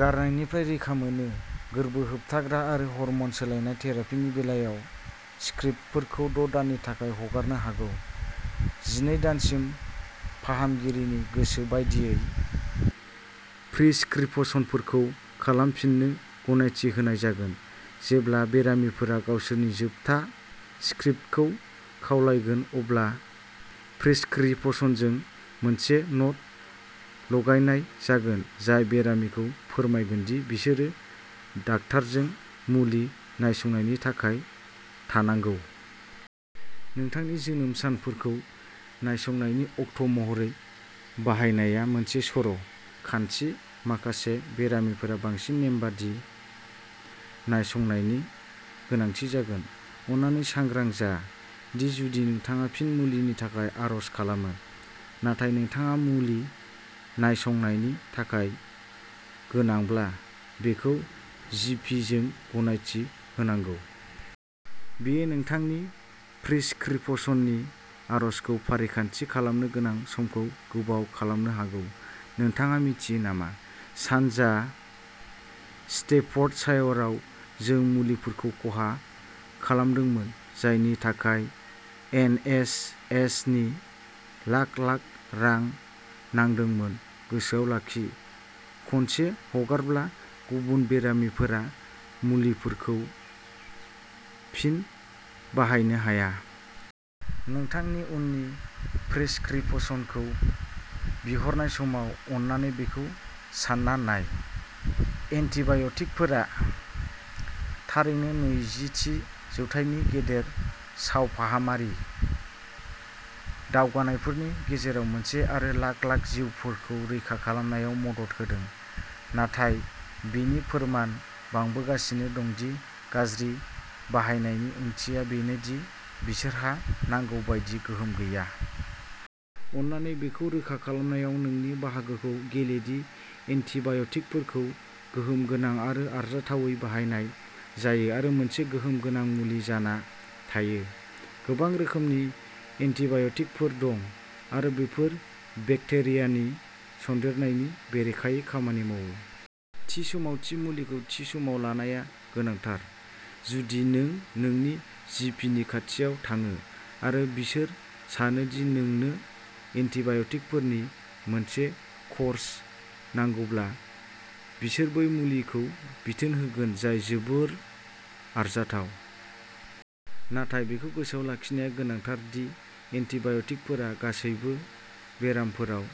गारनायनिफ्राय रैखा मोनो। गोर्बो होबथाग्रा आरो हर्मन सोलायनाय थेरापिनि बेलायाव स्क्रिप्टफोरखौ द' दाननि थाखाय हगारनो हागौ। जिनै दानसिम फाहामगिरिनि गोसो बादियै प्रिस्क्रिपशनफोरखौ खालामफिननो गनायथि होनाय जागोन। जेब्ला बेरामिफोरा गावसोरनि जोबथा स्क्रिप्टखौ खावलायगोन अब्ला प्रिस्क्रिपशनजों मोनसे न'ट लगायनाय जागोन जाय बेरामिखौ फोरमायगोन दि बिसोरो डाक्टारजों मुलि नायसंनायनि थाखाय थानांगौ। नोंथांनि जोनोम सानखौ नायसंनायनि अक्ट' महरै बाहायनाया मोनसे सर' खान्थि माखासे बेरामिफोरा बांसिन नेमबादि नायसंनायनि गोनांथि जागोन। अन्नानै सांग्रां जा दि जुदि नोंथाङा फिन मुलिनि थाखाय आर'ज खालामो नाथाय नोंथाङा मुलि नायसंनायनि थाखाय गोनांब्ला बेखौ जि पि जों गनायथि होनांगौ। बियो नोंथांनि प्रिस्क्रिपशननि आरजखौ फारिखान्थि खालामनो गोनां समखौ गोबाव खालामनो हागौ। नोंथाङा मिथियो नामा, सानजा स्टेफर्डशायरआव जों मुलिफोरखौ खहा खालामदोंमोन जायनि थाखाय एन एच एस नि लाख लाख रां नांदोंमोन गोसोआव लाखि खनसे हगारब्ला, गुबुन बेरामिफोरा मुलिफोरखौ फिन बाहायनो हाया। नोंथांनि उननि प्रिस्क्रिपशनखौ बिहरनाय समाव अन्नानै बेखौ सान्ना नाय। एन्टीबाय'टिकफोरा थारैनो नैजिथि जौथाइनि गेदेर सावफाहामारि दावगानायफोरनि गेजेराव मोनसे आरो लाख-लाख जिउफोरखौ रैखा खालामनायाव मदद होदों। नाथाय बेनि फोरमान बांबोगासिनो दं दि गाज्रि बाहायनायनि ओंथिया बेनो दि बिसोरहा नांगौ बायदि गोहोम गैया। अन्नानै बेखौ रोखा खालामनायाव नोंनि बाहागोखौ गेले दि एन्टीबाय'टिकफोरखौ गोहोम गोनां आरो आरजाथावै बाहायनाय जायो आरो मोनसे गोहोम गोनां मुलि जाना थायो। गोबां रोखोमनि एन्टीबाय'टिकफोर दं, आरो बेफोरो बेक्टेरियानि सन्देरनायनि बेरेखायै खामानि मावो। थि समाव थि मुलिखौ थि समाव लानाया गोनांथार जुदि नों नोंनि जि पि नि खाथियाव थाङो आरो बिसोर सानो दि नोंनो एन्टीबाय'टिकफोरनि मोनसे कर्स नांगौब्ला बिसोर बै मुलिखौ बिथोन होगोन जाय जोबोर आरजाथाव। नाथाय बेखौ गोसोआव लाखिनाया गोनांथार दि एन्टीबाय'टिकफोरा गासैबो बेरामफोराव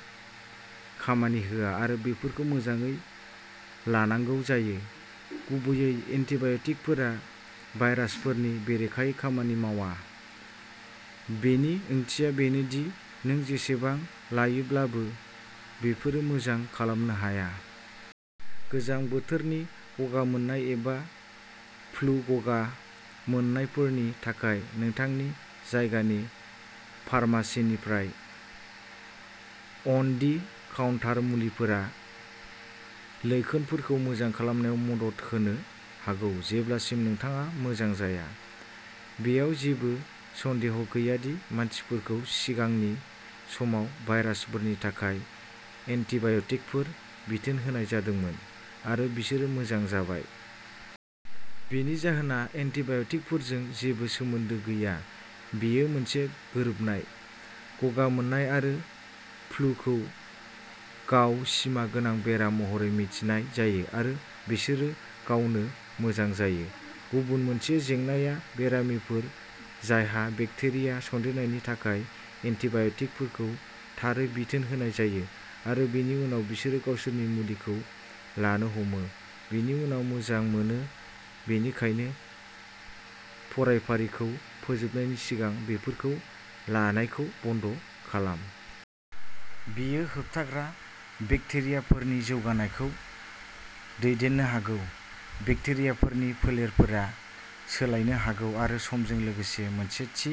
खामानि होआ आरो बेफोरखौ मोजाङै लानांगौ जायो। गुबैयै एन्टीबाय'टिकफोरा भायरासफोरनि बेरेखायै खामानि मावा। बेनि ओंथिया बेनो दि नों जेसेबां लायोब्लाबो, बेफोरो मोजां खालामनो हाया। गोजां बोथोरनि गगा मोननाय एबा फ्लु गगा मोननायफोरनि थाखाय नोंथांनि जायगानि फार्मासीनिफ्राय अन दि काउन्टार मुलिफोरा लैखोनफोरखौ मोजां खालामनायाव मदद होनो हागौ जेब्लासिम नोंथाङा मोजां जाया। बेयाव जेबो सन्देह गैया दि मानसिफोरखौ सिगांनि समाव भाइरासफोरनि थाखाय एन्टिबाय'टिकफोर बिथोन होनाय जादोंमोन आरो बिसोरो मोजां जाबाय। बिनि जाहोना एन्टिबाय'टिकफोरजों जेबो सोमोन्दो गैया बियो मोनसे गोरोबनाय। गगा मोननाय आरो फ्लुखौ गाव सिमा गोनां बेराम महरै मिथिनाय जायो आरो बिसोरो गावनो मोजां जायो। गुबुन मोनसे जेंनाया बेरामिफोर जायहा बेक्टेरिया सन्देरनायनि थाखाय एन्टिबाय'टिकफोरखौ थारै बिथोन होनाय जायो आरो बेनि उनाव बिसोरो गावसोरनि मुलिखौ लानो हमो, बेनि उनाव मोजां मोनो बेनिखायनो फरायफारिखौ फोजोबनायनि सिगां बेफोरखौ लानायखौ बन्द खालाम। बेयो होबथाग्रा बेक्टेरियाफोरनि जौगानायखौ दैदेननो हागौ। बेक्टेरियाफोरनि फोलेरफोरा सोलायनो हागौ आरो समजों लोगोसे मोनसे थि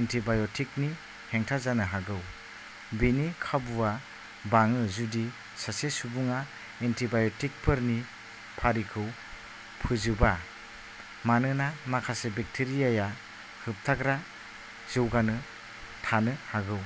एन्टिबाय'टिकनि हेंथा जानो हागौ। बेनि खाबुआ बाङो जुदि सासे सुबुङा एन्टिबाय'टिकफोरनि फारिखौ फोजोबा मानोना माखासे बेक्टेरियाया होबथाग्रा जौगानो थानो हागौ।